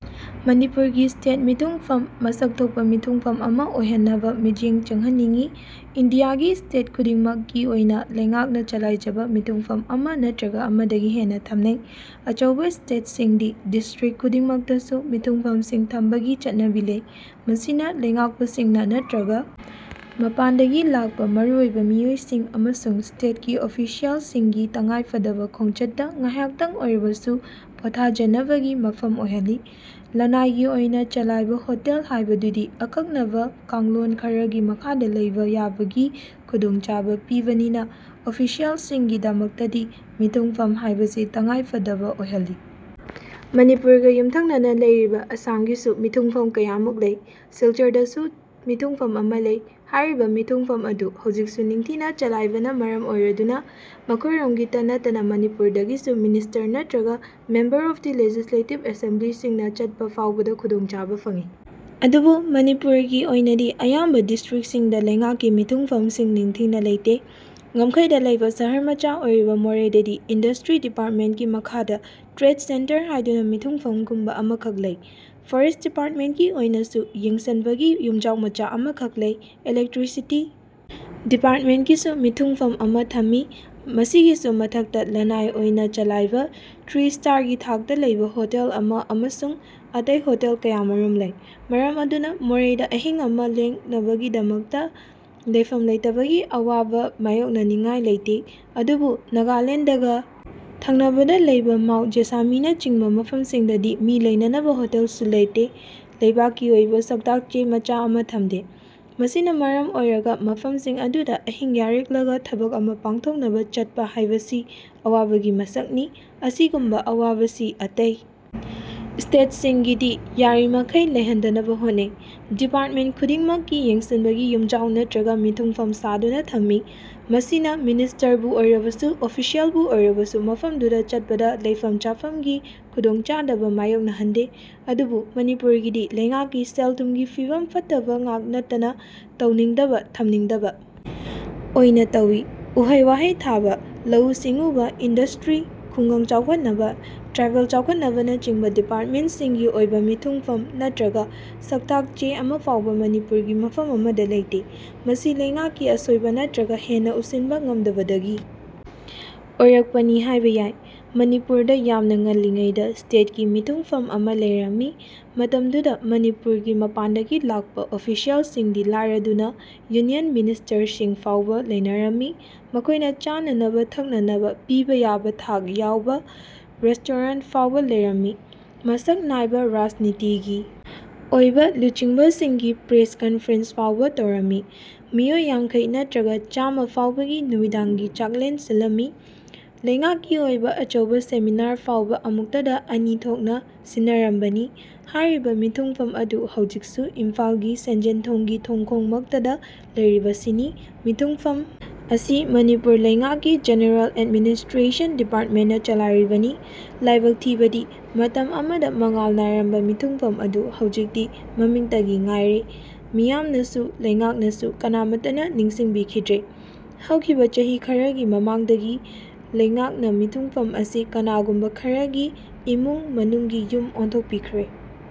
ꯃꯅꯤꯄꯨꯔꯒꯤ ꯁ꯭ꯇꯦꯠ ꯃꯤꯊꯨꯡꯐꯝ ꯃꯁꯛ ꯊꯣꯛꯄ ꯃꯤꯊꯨꯡꯐꯝ ꯑꯃ ꯑꯣꯏꯍꯟꯅꯕ ꯃꯤꯠꯌꯦꯡ ꯆꯡꯍꯟꯅꯤꯡꯏ꯫ ꯏꯟꯗꯤꯌꯥꯒꯤ ꯁ꯭ꯇꯦꯠ ꯈꯨꯗꯤꯡꯃꯛꯀꯤ ꯑꯣꯏꯅ ꯂꯩꯉꯥꯛꯅ ꯆꯂꯥꯏꯖꯕ ꯃꯤꯊꯨꯡꯐꯝ ꯑꯃ ꯅꯠꯇ꯭ꯔꯒ ꯑꯃꯗꯒꯤ ꯍꯦꯅꯅ ꯊꯝꯅꯩ꯫ ꯑꯆꯧꯕ ꯁ꯭ꯇꯦꯠꯁꯤꯡꯗꯤ ꯗꯤꯁ꯭ꯇ꯭ꯔꯤꯛꯠ ꯈꯨꯗꯤꯡꯃꯛꯇꯁꯨ ꯃꯤꯊꯨꯡꯐꯝꯁꯤꯡ ꯊꯝꯕꯒꯤ ꯆꯠꯅꯕꯤ ꯂꯩ꯫ ꯃꯁꯤꯅ ꯂꯩꯉꯥꯛꯄꯁꯤꯡꯅ ꯅꯠꯇ꯭ꯔꯒ ꯃꯄꯥꯟꯗꯒꯤ ꯂꯥꯛꯄ ꯃꯔꯨꯑꯣꯏꯕ ꯃꯤꯑꯣꯏꯁꯤꯡ ꯑꯃꯁꯨꯡ ꯁ꯭ꯇꯦꯠꯀꯤ ꯑꯣꯐꯤꯁꯤꯌꯦꯜꯁꯤꯡꯒꯤ ꯇꯉꯥꯏꯐꯗꯕ ꯈꯣꯡꯆꯠꯇ ꯉꯥꯏꯍꯥꯛꯇꯡ ꯑꯣꯔꯕꯁꯨ ꯄꯣꯊꯥꯖꯅꯕꯒꯤ ꯃꯐꯝ ꯐꯪꯍꯜꯂꯤ꯫ ꯂꯟꯅꯥꯏꯒꯤ ꯑꯣꯏꯅ ꯆꯂꯥꯏꯕ ꯍꯣꯇꯦꯜ ꯍꯥꯏꯕꯗꯨꯗꯤ ꯑꯀꯛꯅꯕ ꯀꯥꯡꯂꯣꯟ ꯈꯔꯒꯤ ꯃꯈꯥꯗ ꯂꯩꯕ ꯌꯥꯕꯒꯤ ꯈꯨꯗꯣꯡꯆꯥꯕ ꯄꯤꯕꯅꯤꯅ ꯑꯣꯐꯤꯁꯤꯌꯦꯜꯁꯤꯡꯒꯤ ꯗꯃꯛꯇꯗꯤ ꯃꯤꯊꯨꯡꯐꯝ ꯍꯥꯏꯕꯁꯤ ꯇꯉꯥꯏꯐꯗꯕ ꯑꯣꯏꯍꯜꯂꯤ꯫ ꯃꯅꯤꯄꯨꯔꯒ ꯌꯨꯝꯊꯡꯅꯅ ꯂꯩꯔꯤꯕ ꯑꯁꯥꯝꯒꯤꯁꯨ ꯃꯤꯊꯨꯡꯐꯝ ꯀꯌꯥꯃꯨꯛ ꯂꯩ꯫ ꯁꯤꯜꯆꯔꯗꯁꯨ ꯃꯤꯊꯨꯡꯐꯝ ꯑꯃ ꯂꯩ꯫ ꯍꯥꯏꯔꯤꯕ ꯃꯤꯊꯨꯡꯐꯝ ꯑꯗꯨ ꯍꯧꯖꯤꯛꯁꯨ ꯅꯤꯡꯊꯤꯅ ꯆꯂꯥꯏꯕꯅ ꯃꯔꯝ ꯑꯣꯏꯔꯗꯨꯅ ꯃꯈꯣꯏꯔꯣꯝꯒꯤꯇ ꯅꯠꯇꯅ ꯃꯅꯤꯄꯨꯔꯗꯒꯤꯁꯨ ꯃꯤꯅꯤꯁ꯭ꯇꯔ ꯅꯠꯇ꯭ꯔꯒ ꯃꯦꯝꯕꯔ ꯑꯣꯐ ꯗ ꯂꯦꯖꯤꯁꯂꯦꯇꯤꯚ ꯑꯦꯁꯦꯝꯕ꯭ꯂꯤꯁꯤꯡꯅ ꯆꯠꯄ ꯐꯥꯎꯕꯗ ꯈꯨꯗꯣꯡꯆꯥꯕ ꯐꯪꯏ꯫ ꯑꯗꯨꯕꯨ ꯃꯅꯤꯄꯨꯔꯒꯤ ꯑꯣꯏꯅꯗꯤ ꯑꯌꯥꯝꯕ ꯗꯤꯁ꯭ꯇ꯭ꯔꯤꯛꯠꯁꯤꯡꯗ ꯂꯩꯉꯥꯛꯀꯤ ꯃꯤꯊꯨꯡꯐꯝꯁꯤꯡ ꯅꯤꯡꯊꯤꯅ ꯂꯩꯇꯦ꯫ ꯉꯝꯈꯩꯗ ꯂꯩꯕ ꯁꯍꯔ ꯃꯆꯥ ꯑꯣꯏꯔꯤꯕ ꯃꯣꯔꯦꯗꯗꯤ ꯏꯟꯗꯁ꯭ꯇ꯭ꯔꯤ ꯗꯤꯄꯥꯔꯠꯃꯦꯟꯠꯀꯤ ꯃꯈꯥꯗ ꯇ꯭ꯔꯦꯗ ꯁꯦꯟꯇꯔ ꯍꯥꯏꯗꯨꯅ ꯃꯤꯊꯨꯡꯐꯝꯒꯨꯝꯕ ꯑꯃꯈꯛ ꯂꯩ꯫ ꯐꯣꯔꯦꯁꯠ ꯗꯤꯄꯥꯔꯠꯃꯦꯟꯠꯀꯤ ꯑꯣꯏꯅꯁꯨ ꯌꯦꯡꯁꯟꯕꯒꯤ ꯌꯨꯝꯖꯥꯎ ꯃꯆꯥ ꯑꯃꯈꯛ ꯂꯩ꯫ ꯏꯂꯦꯛꯇ꯭ꯔꯤꯁꯤꯇꯤ ꯗꯤꯄꯥꯔꯠꯃꯦꯟꯠꯀꯤꯁꯨ ꯃꯤꯊꯨꯡꯐꯝ ꯑꯃ ꯊꯝꯃꯤ꯫ ꯃꯁꯤꯒꯤꯁꯨ ꯃꯊꯛꯇ ꯂꯟꯅꯥꯏ ꯑꯣꯏꯅ ꯆꯂꯥꯏꯕ ꯊ꯭ꯔꯤ ꯁ꯭ꯇꯔꯒꯤ ꯊꯥꯛꯇ ꯂꯩꯕ ꯍꯣꯇꯦꯜ ꯑꯃ ꯑꯃꯁꯨꯡ ꯑꯇꯩ ꯍꯣꯇꯦꯜ ꯀꯌꯥꯃꯔꯨꯝ ꯂꯩ꯫ ꯃꯔꯝ ꯑꯗꯨꯅ ꯃꯣꯔꯦꯗ ꯑꯍꯤꯡ ꯑꯃ ꯂꯦꯛꯅꯕꯒꯤꯗꯃꯛꯇ ꯂꯩꯐꯝ ꯂꯩꯇꯕꯒꯤ ꯑꯋꯥꯕ ꯃꯥꯌꯣꯛꯅꯅꯤꯉꯥꯏ ꯂꯩꯇꯦ꯫ ꯑꯗꯨꯕꯨ ꯅꯥꯒꯥꯂꯦꯟꯗꯒ ꯊꯪꯅꯕꯗ ꯂꯩꯕ ꯃꯥꯎ, ꯖꯦꯁꯥꯃꯤꯅꯆꯤꯡꯕ ꯃꯐꯝꯁꯤꯡꯗꯗꯤ ꯃꯤ ꯂꯩꯅꯅꯕ ꯍꯣꯇꯦꯜꯁꯨ ꯂꯩꯇꯦ, ꯂꯩꯉꯥꯛꯀꯤ ꯑꯣꯏꯕ ꯁꯛꯇꯥꯛ ꯆꯦ ꯃꯆꯥ ꯑꯃ ꯊꯝꯗꯦ꯫ ꯃꯁꯤꯅ ꯃꯔꯝ ꯑꯣꯏꯔꯒ ꯃꯐꯝꯁꯤꯡ ꯑꯗꯨꯗ ꯑꯍꯤꯡ ꯌꯥꯔꯦꯛꯂꯒ ꯊꯕꯛ ꯑꯃ ꯄꯥꯡꯊꯣꯛꯅꯕ ꯆꯠꯄ ꯍꯥꯏꯕꯁꯤ ꯑꯋꯥꯕꯒꯤ ꯃꯁꯛꯅꯤ꯫ ꯑꯁꯤꯒꯨꯝꯕ ꯑꯋꯥꯕꯁꯤ ꯑꯇꯩ ꯁ꯭ꯇꯦꯠꯁꯤꯡꯒꯤꯗꯤ ꯌꯥꯔꯤꯃꯈꯩ ꯂꯩꯍꯟꯗꯅꯕ ꯍꯣꯠꯅꯩ꯫ ꯗꯤꯄꯥꯔꯠꯃꯦꯟꯠ ꯈꯨꯗꯤꯡꯃꯛꯀꯤ ꯌꯦꯡꯁꯟꯕꯒꯤ ꯌꯨꯝꯖꯥꯎ ꯅꯠꯇ꯭ꯔꯒ ꯃꯤꯊꯨꯡꯐꯝ ꯁꯥꯗꯨꯅ ꯊꯝꯃꯤ꯫ ꯃꯁꯤꯅ ꯃꯤꯅꯤꯁ꯭ꯇꯔꯕꯨ ꯑꯣꯏꯔꯕꯁꯨ, ꯑꯣꯐꯤꯁꯤꯌꯦꯜꯕꯨ ꯑꯣꯏꯔꯕꯁꯨ ꯃꯐꯝꯗꯨꯗ ꯆꯠꯄꯗ ꯂꯩꯐꯝ ꯆꯥꯐꯝꯒꯤ ꯈꯨꯗꯣꯡꯆꯥꯗꯕ ꯃꯥꯌꯣꯛꯅꯍꯟꯗꯦ꯫ ꯑꯗꯨꯕꯨ ꯃꯅꯤꯄꯨꯔꯒꯤꯗꯤ ꯂꯩꯉꯥꯛꯀꯤ ꯁꯦꯜ ꯊꯨꯝꯒꯤ ꯐꯤꯚꯝ ꯐꯠꯇꯕꯉꯥꯛ ꯅꯠꯇꯅ ꯇꯧꯅꯤꯡꯗꯕ, ꯊꯝꯅꯤꯡꯗꯕ ꯑꯣꯏꯅ ꯇꯧꯏ꯫ ꯎ ꯍꯩ ꯋꯥ ꯍꯪ ꯊꯥꯕ, ꯂꯧꯎ ꯁꯤꯡꯎꯕ, ꯏꯟꯗꯁ꯭ꯇ꯭ꯔꯤ, ꯈꯨꯡꯒꯪ ꯆꯥꯎꯈꯠꯅꯕ, ꯇ꯭ꯔꯥꯏꯕꯦꯜ ꯆꯥꯎꯈꯠꯅꯕꯅꯆꯤꯡꯕ ꯗꯤꯄꯥꯔꯠꯃꯦꯟꯠꯁꯤꯡꯒꯤ ꯑꯣꯏꯕ ꯃꯤꯊꯨꯡꯐꯝ ꯅꯠꯇ꯭ꯔꯒ ꯁꯛꯇꯥꯛ ꯆꯦ ꯑꯃꯐꯥꯎꯕ ꯃꯅꯤꯄꯨꯔꯒꯤ ꯃꯐꯝ ꯑꯃꯗ ꯂꯩꯇꯦ꯫ ꯃꯁꯤ ꯂꯩꯉꯥꯛꯀꯤ ꯑꯁꯣꯏꯕ ꯅꯠꯇ꯭ꯔꯒ ꯍꯦꯟꯅ ꯎꯁꯤꯟꯕ ꯉꯝꯗꯕꯗꯒꯤ ꯑꯣꯏꯔꯛꯄꯅꯤ ꯍꯥꯏꯕ ꯌꯥꯏ꯫ ꯃꯅꯤꯄꯨꯔꯗ ꯌꯥꯝꯅ ꯉꯜꯂꯤꯉꯩꯗ ꯁ꯭ꯇꯦꯠꯀꯤ ꯃꯤꯊꯨꯡꯐꯝ ꯑꯃ ꯂꯩꯔꯝꯃꯤ꯫ ꯃꯇꯝꯗꯨꯗ ꯃꯅꯤꯄꯨꯔꯒꯤ ꯃꯄꯥꯟꯗꯒꯤ ꯂꯥꯛꯄ ꯑꯣꯐꯤꯁꯤꯌꯦꯜꯁꯤꯡꯗꯤ ꯂꯥꯏꯔꯗꯨꯅ ꯌꯨꯅꯤꯌꯟ ꯃꯤꯅꯤꯁ꯭ꯔꯁꯤꯡ ꯐꯥꯎꯕ ꯂꯩꯅꯔꯝꯃꯤ꯫ ꯃꯈꯣꯏꯒꯤ ꯆꯥꯅꯅꯕ ꯊꯛꯅꯅꯕ ꯄꯤꯕ ꯌꯥꯕ ꯊꯥꯛ ꯌꯥꯎꯕ ꯔꯦꯁ꯭ꯇꯨꯔꯦꯟꯠ ꯐꯥꯎꯕ ꯂꯩꯔꯝꯃꯤ꯫ ꯃꯁꯛ ꯅꯥꯏꯕ ꯔꯥꯖꯅꯤꯇꯤꯒꯤ ꯑꯣꯏꯕ ꯂꯨꯆꯤꯡꯕꯁꯤꯡꯒꯤ ꯄ꯭ꯔꯦꯁ ꯀꯟꯐꯔꯦꯟꯁ ꯐꯥꯎꯕ ꯇꯧꯔꯝꯃꯤ꯫ ꯃꯤꯑꯣꯏ ꯌꯥꯡꯈꯩ ꯅꯠꯇ꯭ꯔꯒ ꯆꯥꯃ ꯐꯥꯎꯕꯒꯤ ꯅꯨꯃꯤꯗꯥꯡꯒꯤ ꯆꯥꯛꯂꯦꯟ ꯁꯤꯜꯂꯝꯃꯤ꯫ ꯂꯩꯉꯥꯛꯀꯤ ꯑꯣꯏꯕ ꯑꯆꯧꯕ ꯁꯦꯃꯤꯅꯥꯔ ꯐꯥꯎꯕ ꯑꯃꯨꯛꯇꯗ ꯑꯅꯤ ꯊꯣꯛꯅ ꯁꯤꯟꯅꯔꯝꯕꯅꯤ꯫ ꯍꯥꯏꯔꯤꯕ ꯃꯤꯊꯨꯡꯐꯝ ꯑꯗꯨ ꯍꯧꯖꯤꯛꯁꯨ ꯏꯝꯐꯥꯜꯒꯤ ꯁꯟꯖꯦꯟꯊꯣꯡꯒꯤ ꯊꯣꯡꯈꯣꯡ ꯃꯛꯇꯗ ꯂꯩꯔꯤꯕꯁꯤꯅꯤ꯫ ꯃꯤꯊꯨꯡꯐꯝ ꯑꯁꯤ ꯃꯅꯤꯄꯨꯔ ꯂꯩꯉꯥꯛꯀꯤ ꯖꯦꯅꯦꯔꯦꯜ ꯑꯦꯗꯃꯤꯅꯤꯁꯇ꯭ꯔꯦꯁꯟ ꯗꯤꯄꯥꯔꯠꯃꯦꯟꯠꯅ ꯆꯂꯥꯏꯔꯤꯕꯅꯤ꯫ ꯂꯥꯏꯕꯛ ꯊꯤꯕꯗꯤ ꯃꯇꯝ ꯑꯃꯗ ꯃꯉꯥꯜ ꯅꯥꯏꯔꯝꯕ ꯃꯤꯊꯨꯡꯐꯝ ꯑꯗꯨ ꯍꯧꯖꯤꯛꯇꯤ ꯃꯃꯤꯡꯇꯒꯤ ꯉꯥꯏꯔꯦ꯫ ꯃꯤꯌꯥꯝꯅꯁꯨ, ꯂꯩꯉꯥꯛꯅꯁꯨ ꯀꯅꯥꯃꯠꯇꯅ ꯅꯤꯡꯁꯤꯡꯕꯤꯈꯤꯗ꯭ꯔꯦ꯫ ꯍꯧꯈꯤꯕ ꯆꯍꯤ ꯈꯔꯒꯤ ꯃꯃꯥꯡꯗꯒꯤ ꯂꯩꯉꯥꯛꯅ ꯃꯤꯊꯨꯡꯐꯝ ꯑꯁꯤ ꯀꯅꯥꯒꯨꯝꯕ ꯈꯔꯒꯤ ꯏꯃꯨꯡ ꯃꯅꯨꯡꯒꯤ ꯌꯨꯝ ꯑꯣꯟꯊꯣꯛꯄꯤꯈ꯭ꯔꯦ꯫